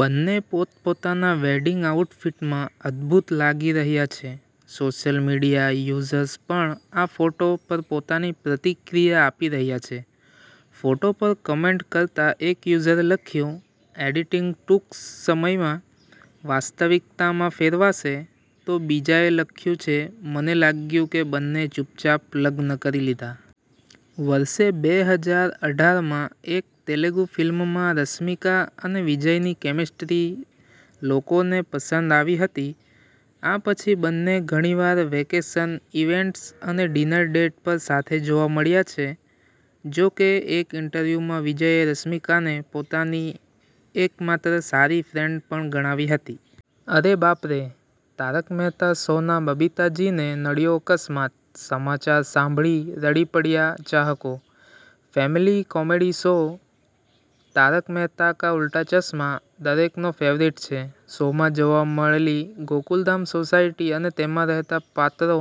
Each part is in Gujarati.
બંને પોતપોતાના વેડિંગ આઉટફિટમાં અદભૂત લાગી રહ્યા છે. સોશિયલ મીડિયા યુઝર્સ પણ આ ફોટા પર પોતાની પ્રતિક્રિયા આપી રહ્યા છે. ફોટા પર કોમેન્ટ કરતાં એક યુઝરે લખ્યું, 'એડિટિંગ ટૂંક સમયમાં વાસ્તવિકતામાં ફેરવાશે'. તો બીજાએ લખ્યું છે કે, 'મને લાગ્યું કે બંનેએ ચૂપચાપ લગ્ન કરી લીધા'. વર્ષ બે હજાર અઠાર માં એક તેલુગુ ફિલ્મમાં રશ્મિકા અને વિજયની કેમેસ્ટ્રી લોકોને પસંદ આવી હતી. આ પછી બંને ઘણીવાર વેકેશન, ઈવેન્ટ્સ અને ડિનર ડેટ પર સાથે જોવા મળ્યા છે. જો કે એક ઈન્ટરવ્યુમાં વિજયે રશ્મિકાને પોતાની એકમાત્ર સારી ફ્રેન્ડ પણ ગણાવી હતી. અરે બાપ રે! 'તારક મહેતા' શો ના બબીતાજીને નડ્યો અકસ્માત, સમાચાર સાંભળી રડી પડ્યા ચાહકો. Family comedy show 'Taarak Mehta Ka Ooltah ચશ્મા' દરેકનો ફેવરિટ છે. શોમાં જોવા મળેલી ગોકુલધામ સોસાયટી અને તેમાં રહેતા પાત્રો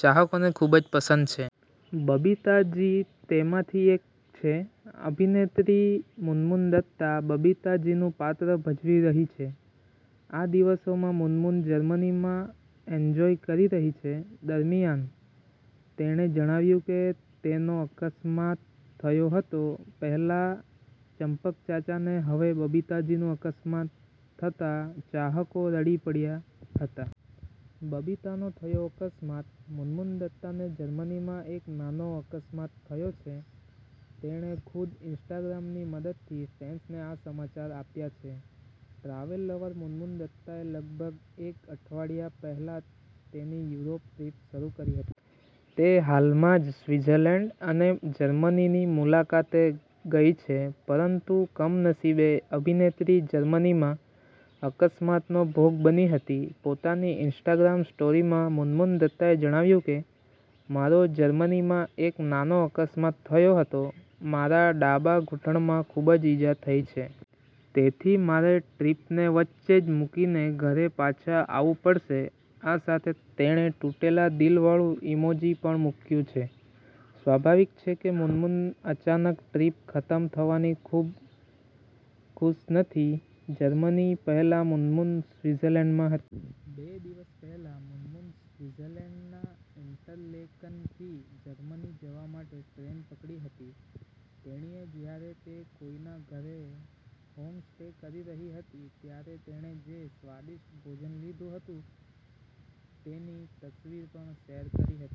ચાહકોને ખૂબ જ પસંદ છે. બબીતાજી તેમાંથી એક છે. અભિનેત્રી મુનમુન દત્તા બબીતા જીનું પાત્ર ભજવી રહી છે. આ દિવસોમાં મુનમુન જર્મનીમાં એન્જોય કરી રહી છે. દરમિયાન, તેણે જણાવ્યું કે તેનો અકસ્માત થયો હતો. પહેલા ચંપકચાચા ને હવે બબીતાજીનું અકસ્માત થતા ચાહકો રડી પડ્યા હતા. બબીતાજીનો થયો અકસ્માત: મુનમુન દત્તાને જર્મનીમાં એક નાનો અકસ્માત થયો છે. તેણે ખુદ ઈન્સ્ટાગ્રામની મદદથી ફેન્સને આ સમાચાર આપ્યા છે. ટ્રાવેલ લવર મુનમુન દત્તાએ લગભગ એક અઠવાડિયા પહેલા તેની યુરોપ ટ્રીપ શરૂ કરી હતી. તે હાલમાં જ સ્વિટ્ઝર્લેન્ડ અને જર્મનીની મુલાકાતે ગઈ છે. પરંતુ કમનસીબે અભિનેત્રી જર્મનીમાં અકસ્માતનો ભોગ બની હતી. પોતાની ઈન્સ્ટાગ્રામ સ્ટોરીમાં મુનમુન દત્તાએ જણાવ્યું કે, 'મારો જર્મનીમાં એક નાનો અકસ્માત થયો હતો. મારા ડાબા ઘૂંટણમાં ખૂબ જ ઈજા થઇ છે. તેથી મારે મારી ટ્રીપને વચ્ચે જ મુકીને ઘરે પાછા આવવું પડશે. આ સાથે તેણે તૂટેલા દિલ વાળું ઈમોજી પણ મુક્યું છે. સ્વાભાવિક છે કે મુનમુન અચાનક ટ્રીપ ખતમ થવાથી ખુશ નથી. જર્મની પહેલા મુનમુન સ્વિટ્ઝર્લેન્ડમાં હતી. બે દિવસ પહેલા મુનમુન સ્વિટ્ઝર્લેન્ડના ઈન્ટરલેકનથી જર્મની જવા માટે ટ્રેન પકડી હતી. તેણીએ જ્યારે તે કોઈના ઘરે હોમસ્ટે કરી રહી હતી ત્યારે તેણે જે સ્વાદિષ્ટ ભોજન લીધું હતું તેની તસવીર પણ શેર કરી હતી.